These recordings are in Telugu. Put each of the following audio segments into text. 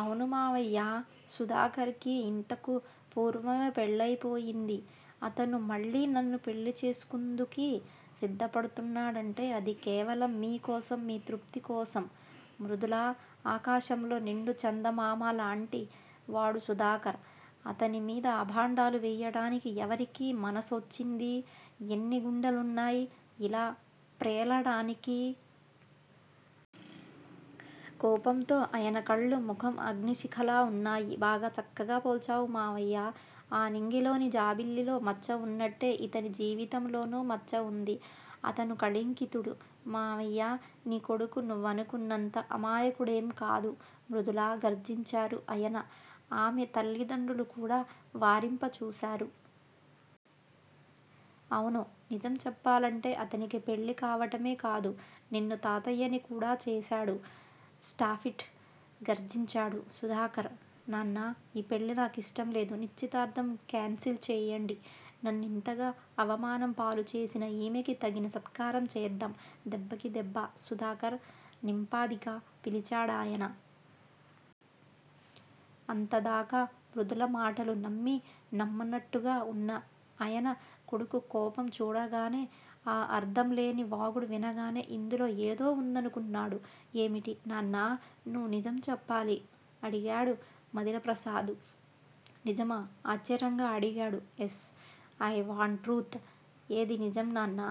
అవును మావయ్యా! సుధాకర్ కి యింతకు పూర్వమే పెళ్ళయిపోయింది. అతను మళ్ళీ నన్ను పెళ్ళీ చేసుకుందుకి సిద్దపడుతున్నాడంటే అది కేవలం మీ కోసం __మీ తృప్తి కోసం! మృదులా! ఆకాశంలో నిండు చందమామాలాoటి వాడు సుధాకర్! అతని మీద అభాండాలు వేయటానికి ఎవరికీ మనసోచ్చింది? ఎన్ని గుండెలున్నాయ్ యిలా ప్రేలటానికి? కోపంతో అయన కళ్ళు, ముఖం అగ్ని శిఖలా వున్నాయి. బాగా చక్కగా పోల్చావు మామయ్యా! ఆ నింగిలోని జాబిల్లిలో మచ్చవున్నట్టే యితని జీవితంలోనూ మచ్చవుంది. అతను కళింకితుడు __ మావయ్యా నీ కొడుకు నువ్వనుకున్నంత అమాయకుడెం కాదు! మృదులా! గర్జించారు అయన. ఆమె తలిదండ్రులు కూడా వారింప చూశారు. అవును! నిజం చెప్పాలంటే అతనికి పెళ్ళికావటమే కాదు నిన్ను తాతయ్యని కూడా చేశాడు! స్టాఫిట్! గర్జించాడు సుధాకర్. నాన్నా ఈ పెళ్ళి నాకిష్టంలేదు. నిశ్చితార్దం కేన్సిల్ చేయండి. నన్నింతగా అవమానం పాలు చేసిన ఈమెకి తగిన సత్కారం చేద్దాం. దెబ్బకి దెబ్బ! సుధాకర్! నింపాదిగా పిలిచాడాయన. అంతదాకా మృదుల మాటలు నమ్మి నమ్మనట్టుగా వున్న అయన కొడుకు కోపం చూడగానే, ఆ అర్ధంలేని వాగుడు వినగానే ఇందులో ఏదో వుందనుకున్నాడు. ఏమిటి నాన్నా! నువ్వు నిజం చెప్పాలి! అడిగాడు మధిరప్రసాదు. నిజమా! ఆశ్చర్యంగా అడిగాడు. యస్! అయ్ వాంట్ ట్రూత్! ఏది నిజం నాన్నా?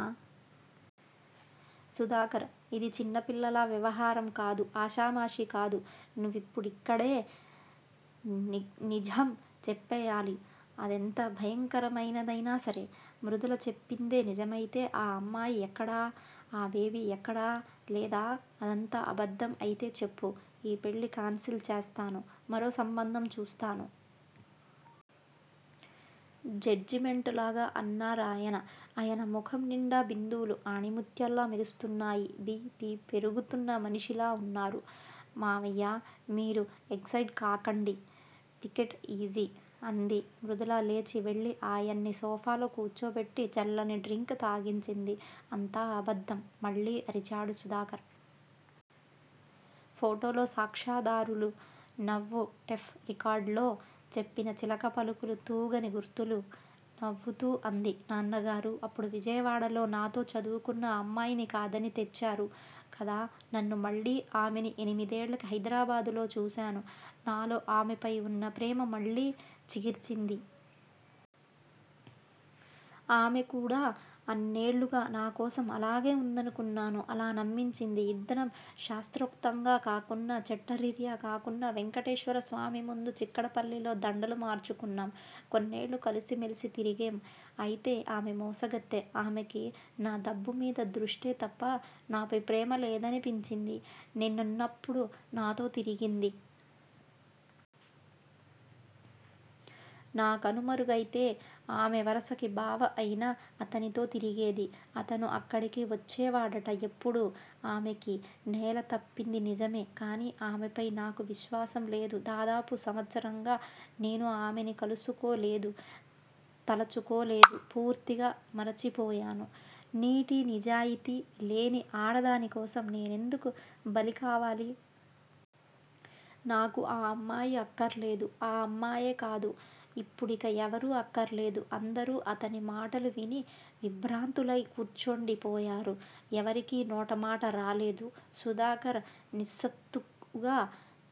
సుధాకర్! ఇది చిన్నపిల్లలా వ్యవహారం కాదు. ఆశామషీకాదు. నువ్విప్పుడిక్కడే నిజ్హం చెప్పెయ్యాలి. అదెంత భయకంరమైన దైనా సరే! మృదుల చెప్పిందే నిజమయితే ఆ అమ్మాయి ఎక్కడ? ఆ బేబీ ఎక్కడ? లేదా అదంతా అబద్దం అయితే చెప్పు __ ఈ పెళ్ళి కాన్సిల్ చేస్తాను మరో సంబంధం చూస్తాను! జడ్జిమెంటులాగా అన్నారాయన. అయన ముఖం నిండా బిందువులు అణిముత్యాల్లా మెరుస్తున్నాయి బి. పి పెరుగుతున్న మనిషిలా వున్నారు. మామయ్యా! మీరు ఎగ్ సైట్ కాకండి. Take it easy! అంది. మృదుల లేచి వెళ్ళి ఆయన్ని సోఫాలో కూర్చోబెట్టి, చల్లని డ్రింక్ తాగించింది. అంతా అబద్దం! మళ్ళీ అరిచాడు సుధాకర్. పోటోలో సాక్ష్యాదారులు! నవ్వు టెఫ్ రికార్డ్ లో చెప్పిన చిలక పలుకులు తూగని గుర్తులు! నవ్వుతూ అంది. నాన్నగారూ అప్పుడు విజయవాడలో, నాతో చదువు కున్న అమ్మాయిని కాదని తెచ్చారు కదా నన్ను మళ్ళీ ఆమెని ఎనిమిదేళ్ళకి హైదరాబాదు లో చూశాను. నాలో ఆమెపైవున్న ప్రేమ మళ్ళీ చిగిర్చింది. ఆమెకూడా అన్నేళ్లుగా నాకోసం అలాగే వుందనుకున్నాను అలా నమ్మించింది. ఇద్దరం శాస్త్రోక్తంగా కాకున్నా, చట్టరిర్యా కాకున్నా వెంకటేశ్వర స్వామి ముందు __ చిక్కడపల్లిలో దండలు మార్చుకున్నాం, కొన్నేళ్ళు కలసిమెలసి తిరిగేం __ అయితే ఆమె మోసగత్తె __ ఆమెకి నాదబ్బు మీద దృష్టే తప్ప __ నాపై ప్రేమ లేదనిపించింది నేన్నున్నప్పుడు నాతో తిరిగింది. నా కనుమరుగైతే ఆమె వరుసకి బావ అయిన అతనితో తిరిగేది. అతను అక్కడికి వచ్చేవాడట ఎప్పుడూ__ ఆమెకి నేల తప్పింది నిజమే! కానీ ఆమెపై నాకు విశ్వాసంలేదు. దాదాపు సంవత్సరంగా నేను ఆమెని కలుసుకో లేదు తలచుకోలేదు. పూర్తిగా మరచిపోయాను. నీటి, నిజాయితీ లేని ఆడదాని కోసం నేనెందుకు బలికావాలి! నాకు ఆ అమ్మాయి అక్కర్లేదు ఆ అమ్మాయే కాదు __ ఇప్పుడిక ఎవరూ అక్కర్లేదు! అందరూ అతని మాటలు విని విభ్రాంతులై కూర్చోండి పోయారు. ఎవరికీ నోటమాటరాలేదు. సుధాకర్ నిస్సత్తువుగా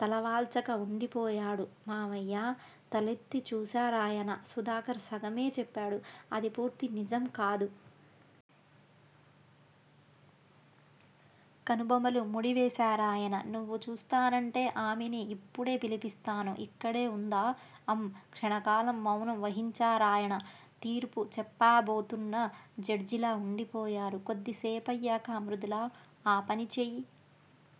తలవాల్చక వుండిపోయాడు. మామయ్యా! తలెత్తి చూశారాయన సుధాకర్ సగమే చెప్పాడు. అది పూర్తి నిజం కాదు! కనుబొమలు ముడి వేశారాయన. నువ్వు చూస్తానంటే ఆమెని. యిప్పుడే పిలిపిస్తాను! ఇక్కడే వుందా? అం, క్షణకాలం మౌనం వహించారాయణ. తీర్పు చెప్పాబోతున్న జడ్జిలా వుండిపోయారు. కొద్దిసేపయ్యాక మృదులా! ఆ పని చెయ్!